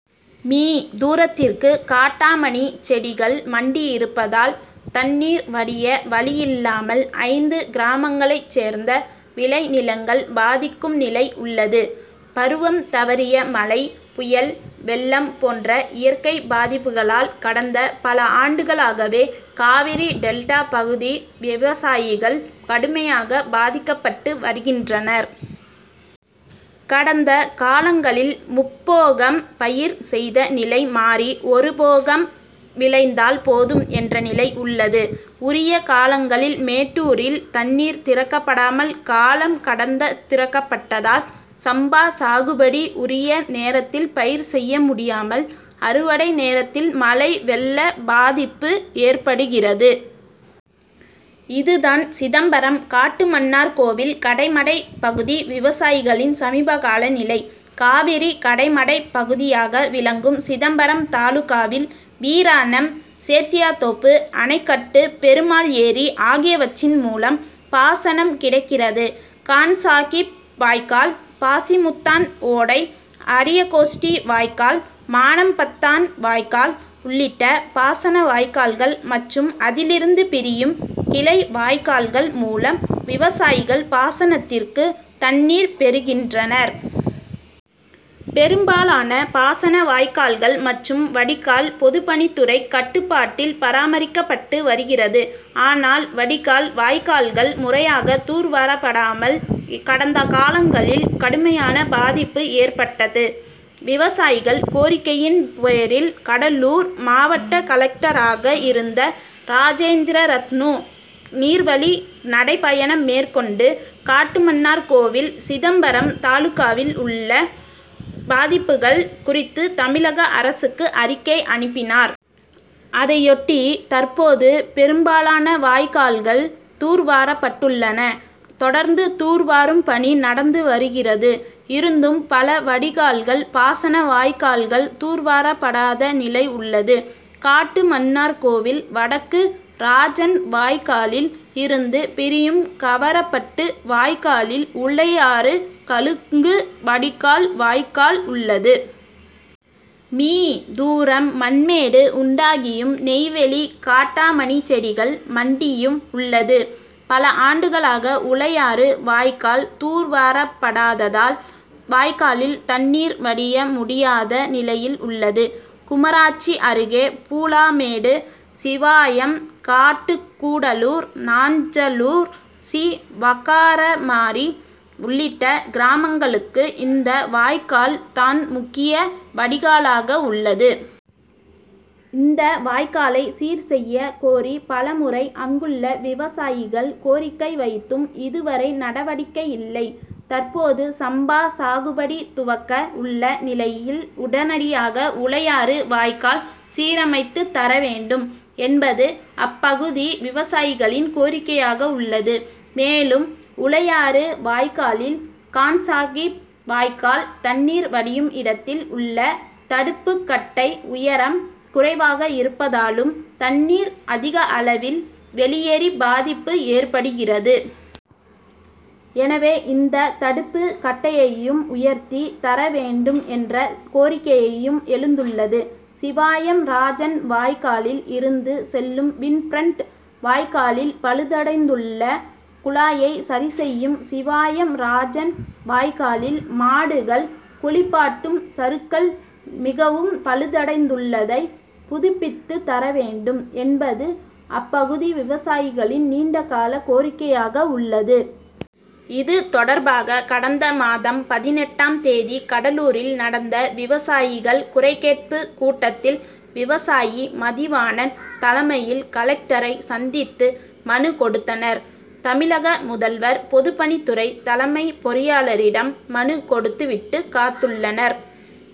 Me., தூரத்திற்கு காட்டாமணி செடிகள் மண்டியிருப்பதால் தண் ணீர் வடிய வழியில்லாமல் ஐந்து கிராமங்களைச் சேர்ந்த விளை நிலங்கள் பாதிக்கும் நிலை உள்ளது. பருவம் தவறிய மழை, புயல், வெள்ளம் போன்ற இயற்கை பாதிப்புகளால் கடந்த பல ஆண்டுகளாகவே காவிரி டெல்டா பகுதி விவசாயிகள் கடுமையாக பாதிக் கப்பட்டு வருகின்றனர். கடந்த காலங்களில் முப்போகம் பயிர் செய்த நிலை மாறி ஒரு போகம் விளைந்தால் போதும் என்ற நிலை உள்ளது. உரிய காலங்களில் மேட்டூரில் தண்ணீர் திறக்கப்படாமல் காலம் கடந்து திறக்கப்படுவதால் சம்பா சாகுபடி உரிய நேரத்தில் பயிர் செய்யமுடியாமல் அறுவடை நேரத்தில் மழை, வெள்ள பாதிப்பு ஏற்படுகிறது. இதுதான் சிதம்பரம், காட்டுமன்னார் கோவில் கடைமடை பகுதி விவசாயிகளின் சமீப கால நிலை. காவிரி கடைமடை பகுதியாக விளங்கும் சிதம்பரம் தாலுகாவில் வீராணம், சேத்தியாத்தோப்பு அணைக்கட்டு, பெருமாள் ஏரி ஆகியவற்றின் மூலம் பாசனம் கிடைக்கிறது. கான்சாகிப் வாய்க்கால், பாசிமுத்தான் ஓடை, அரியகோஷ்டி வாய்க்கால், மானம்பாத்தான் வாய்க்கால் உள்ளிட்ட பாசன வாய்க்கால்கள் மற்றும் அதிலிருந்து பிரியும் கிளை வாய்க்கால் கள் மூலம் விவசாயிகள் பாசனத் திற்கு தண்ணீர் பெறுகின்றனர். பெரும்பாலான பாசன வாய்க் கால்கள் மற்றும் வடிகால்கள் பொதுப்பணித்துறை கட்டுப்பாட்டில் பராமரிக்கப்பட்டு வருகிறது. ஆனால் வடிகால் வாய்க்கால்கள் முறையாக தூர் வாரப்படாமல் கடந்த காலங்களில் கடுமையான பாதிப்பு ஏற்பட்டது. விவசாயிகள் கோரிக்கையின் பேரில் கடலூர் மாவட்ட கலெக் டராக இருந்த ராஜேந்திரரத்னு நீர்வழி நடைபயணம் மேற் கொண்டு காட்டுமன்னார்கோவில் சிதம்பரம் தாலுகாவில் உள்ள பாதிப்புகள் குறித்து தமிழக அரசுக்கு அறிக்கை அனுப்பினார். அதையொட்டி தற்போது பெரும் பாலான வாய்க்கால்கள் தூர் வாரப்பட்டுள்ளன. தொடர்ந்து தூர்வாரும் பணி நடந்து வருகிறது. இருந்தும் பல வடிகால்கள், பாசன வாய்க்கால்கள் தூர்வாரப்படாத நிலை உள்ளது. காட்டுமன்னார்கோவில் வடக்கு ராஜன் வாய்க்காலில் இருந்து பிரியும் கவரப்பட்டு வாய்க்காலில் உளையாறு கலுக்ங்கு வடிக்கால் வாய்க்கால் உள்ளது. மீ., தூரம் மண்மேடு உண்டாகியும், நெய் வேலி காட்டாமணிசெடிகள் மண்டியும் உள்ளது. பல ஆண்டுகளாக உளையாறு வாய்க்கால் தூர்வாரப்படாததால் வாய்க்காலில் தண்ணீர் வடிய முடியாத நிலையில் உள்ளது. குமராட்சி அருகே பூலாமேடு, சிவாயம், காட்டுக்கூடலூர், நாஞ் சலூர், சி. வக்காரமாரி உள்ளிட்ட கிராமங்களுக்கு இந்த வாய்க்கால் தான் முக்கிய வடிகாலாக உள்ளது. இந்த வாய்க்காலை சீர்செய்ய கோரி பல முறை அங்குள்ள விவசாயிகள் கோரிக்கை வைத்தும் இதுவரை நடவடிக்கை இல்லை. தற்போது சம்பா சாகுபடி துவக்க உள்ள நிலையில் உடனடியாக உளையாறு வாய்க்கால் சீரமைத்துத் தரவேண்டும் என்பது அப்பகுதி விவசாயிகளின் கோரிக்கையாக உள்ளது. மேலும் உளையாறு வாய்க்காலில் கான்சாகிப் வாய்க்கால் தண் ணீர் வடியும் இடத்தில் உள்ள தடுப்புக்கட்டை உயரம் குறைவாக இருப்பதாலும் தண்ணீர் அதிக அளவில் வெளியேறி பாதிப்பு ஏற்படுகிறது. எனவே இந்த தடுப்பு கட்டையையும் உயர்த்தி தரவேண்டும் என்ற கோரிக்கையும் எழுந்துள்ளது. சிவாயம் ராஜன் வாய்க்காலில் இருந்து செல்லும் வின்பிரண்ட் வாய்க்காலில் பழுதடைந்துள்ள குழாயை சரி செய்யவும், சிவாயம் ராஜன் வாய்க்காலில் மாடுகள் குளிப்பாட்டும் சறுக்கல் மிகவும் பழுதடைந்துள்ளதை புதுப்பித்து தரவேண்டும் என்பதும் அப்பகுதி விவசாயிகளின் நீண்ட கால கோரிக்கையாக உள்ளது. இது தொடர்பாக கடந்த மாதம் பதினெட்டாம் தேதி கடலூரில் நடந்த விவசாயிகள் குறைகேட்பு கூட்டத்தில் விவசாயி மதிவாணன் தலைமையில் கலெக்டரை சந்தித்து மனு கொடுத்தனர். தமிழக முதல்வர், பொதுப்பணித்துறை தலைமை பொறியாளரிடம் மனு கொடுத்து விட்டு காத்துள்ளனர்.